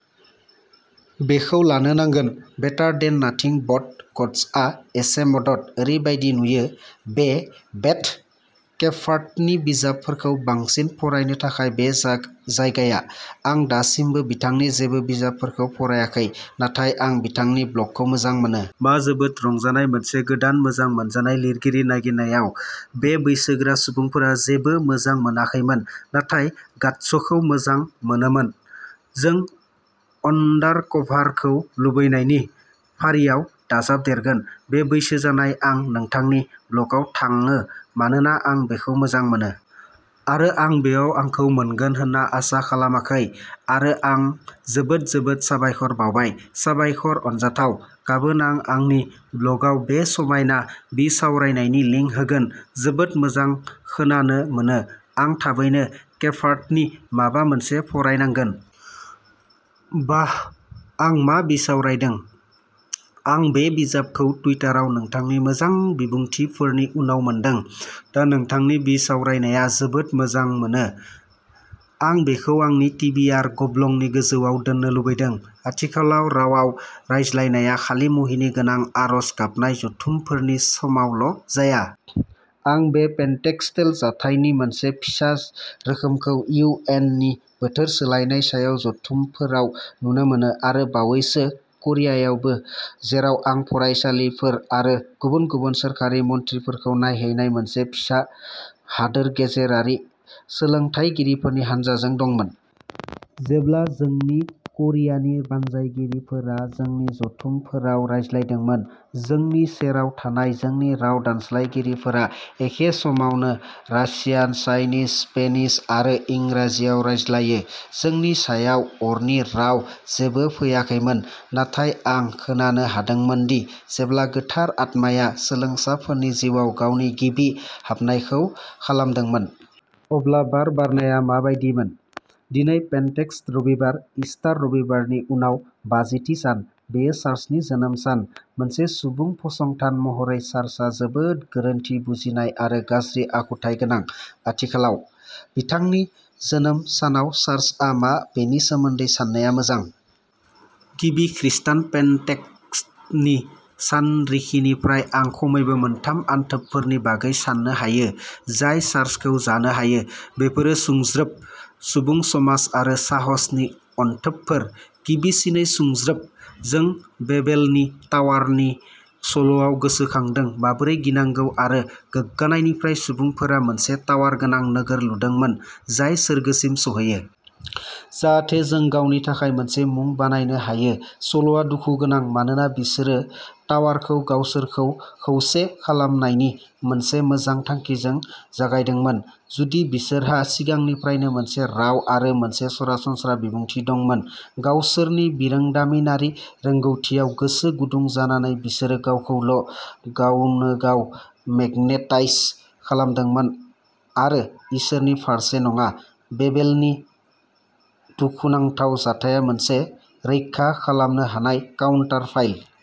बेखौ लानो नांगोन। बेटार देन नाथिं ब'ट ग'स्ट्सआ एसे मदद। ओरैबायदि नुयो बे बेथ केफार्टनि बिजाबफोरखौ बांसिन फरायनो थाखाय बे जायगाया। आं दासिमबो बिथांनि जेबो बिजाबफोरखौ फरायाखै। नाथाय आं बिथांनि ब्लगखौ मोजां मोनो। मा जोबोद रंजानाय मोनसे गोदान मोजां मोनजानाय लिरगिरि नागिरनायाव। बे बैसोगोरा सुबुंफोरा जेबो मोजां मोनाखैमोन। नाथाय गास्सखौ मोजां मोनोमोन। जों अनडारकभारखौ लुबैनायनि फारियाव दाजाबदेरगोन। बे बैसो जानाय आं नोंथांनि ब्लगआव थाङो मानोना आं बेखौ मोजां मोनो। आरो आं बेयाव आंखौ मोनगोन होनना आसा खालामाखै। आरो आं जोबोद जोबोद साबायखर बावबाय। साबायखर अनजाथाव। गाबोन आं आंनि ब्लगआव बे समायना बिसावरायनायनि लिंक होगोन। जोबोद मोजां खोनानो मोनो। आं थाबैनो केफार्टनि माबा मोनसे फरायनांगोन। बाह आं मा बिसावरायदों। आं बे बिजाबखौ टुइटाराव नोंथांनि मोजां बिबुंथिफोरनि उनाव मोनदों। दा नोंथांनि बिसावरायनाया जोबोद मोजां मोनो। आं बेखौ आंनि टिबिआर गब्लंनि गोजौआव दोननो लुबैदों। आथिखालाव रावाव रायज्लायनाया खालि मुहिनिगोनां आरज गाबनाय जथुमफोरनि समावल' जाया। आं बे पेन्टेकस्टेल जाथायनि मोनसे फिसा रोखोमखौ इउ एन नि बोथोर सोलायनाय सायाव जथुमफोराव नुनो मोनो। आरो बावैसो करियायावबो जेराव आं फरायसालिफोर आरो गुबुन गुबुन सोरखारि मन्थ्रिफोरखौ नायहैनाय मोनसे फिसा हादोर गेजेरारि सोलोंथायगिरिफोरनि हानजाजों दंमोन। जेब्ला जोंनि क'रियानि बानजायगिरिफोरा जोंनि जथुमफोराव रायज्लायदोंमोन। जोंनि सेराव थानाय जोंनि राव दानस्लायगिरिफोरा एखे समावनो रासियान, चाइनिज, स्पेनिश आरो इंराजियाव रायज्लायो। जोंनि सायाव अरनि राव जेबो फैयाखैमोन। नाथाय आं खोनानो हादोंमोन दि जेब्ला गोथार आत्माया सोलोंसाफोरनि जिउआव गावनि गिबि हाबनायखौ खालामदोंमोन। अब्ला बार बारनाया माबायदिमोन। दिनै पेन्टेकस्ट रबिबार, ईस्टर रबिबारनि उनाव बाजिथि सान। बेयो चार्चनि जोनोम सान। मोनसे सुबुं फसंथान महरै चार्चआ जोबोद गोरोन्थि बुजिनाय आरो गाज्रि आखुथाय गोनां। आथिखालाव। बिथांनि जोनोम सानाव चार्चआ मा बेनि सोमोन्दै साननाया मोजां। गिबि खृस्टान पेन्टेक'स्टनि सानरिखिनिफ्राय आं खमैबो मोनथाम अनथोबफोरनि बागै साननो हायो जाय चार्चखौ जानो हायो। बेफोरो सुंज्रोब सुबुं समाज आरो साहसनि अनथोबफोर। गिबिसिनै सुंज्रोब। जों बेबेलनि टावारनि सल'आव गोसोखांदों माबोरै गिनांगौ आरो गोग्गानायनिफ्राय सुबुंफोरा मोनसे टावार गोनां नोगोर लुदोंमोन जाय सोरगोसिम सौहैयो। जाहाथे जों गावनि थाखाय मोनसे मुं बानायनो हायो। सल'आ दुखुगोनां मानोना बिसोरो टावारखौ गावसोरखौ खौसे खालामनायनि मोनसे मोजां थांखिजों जागायदोंमोन। जुदि बिसोरहा सिगांनिफ्रायनो मोनसे राव आरो मोनसे सरासनस्रा बिबुंथि दंमोन। गावसोरनि बिरोंदामिनारि रोंग'थियाव गोसो गुदुं जानानै बिसोरो गावखौल' गावनोगाव मेगनेटाइज खालामदोंमोन आरो इसोरनि फारसे नङा। बेबेलनि दुखुनांथाव जाथाया मोनसे रैखा खालामनो हानाय काउन्टार फयल।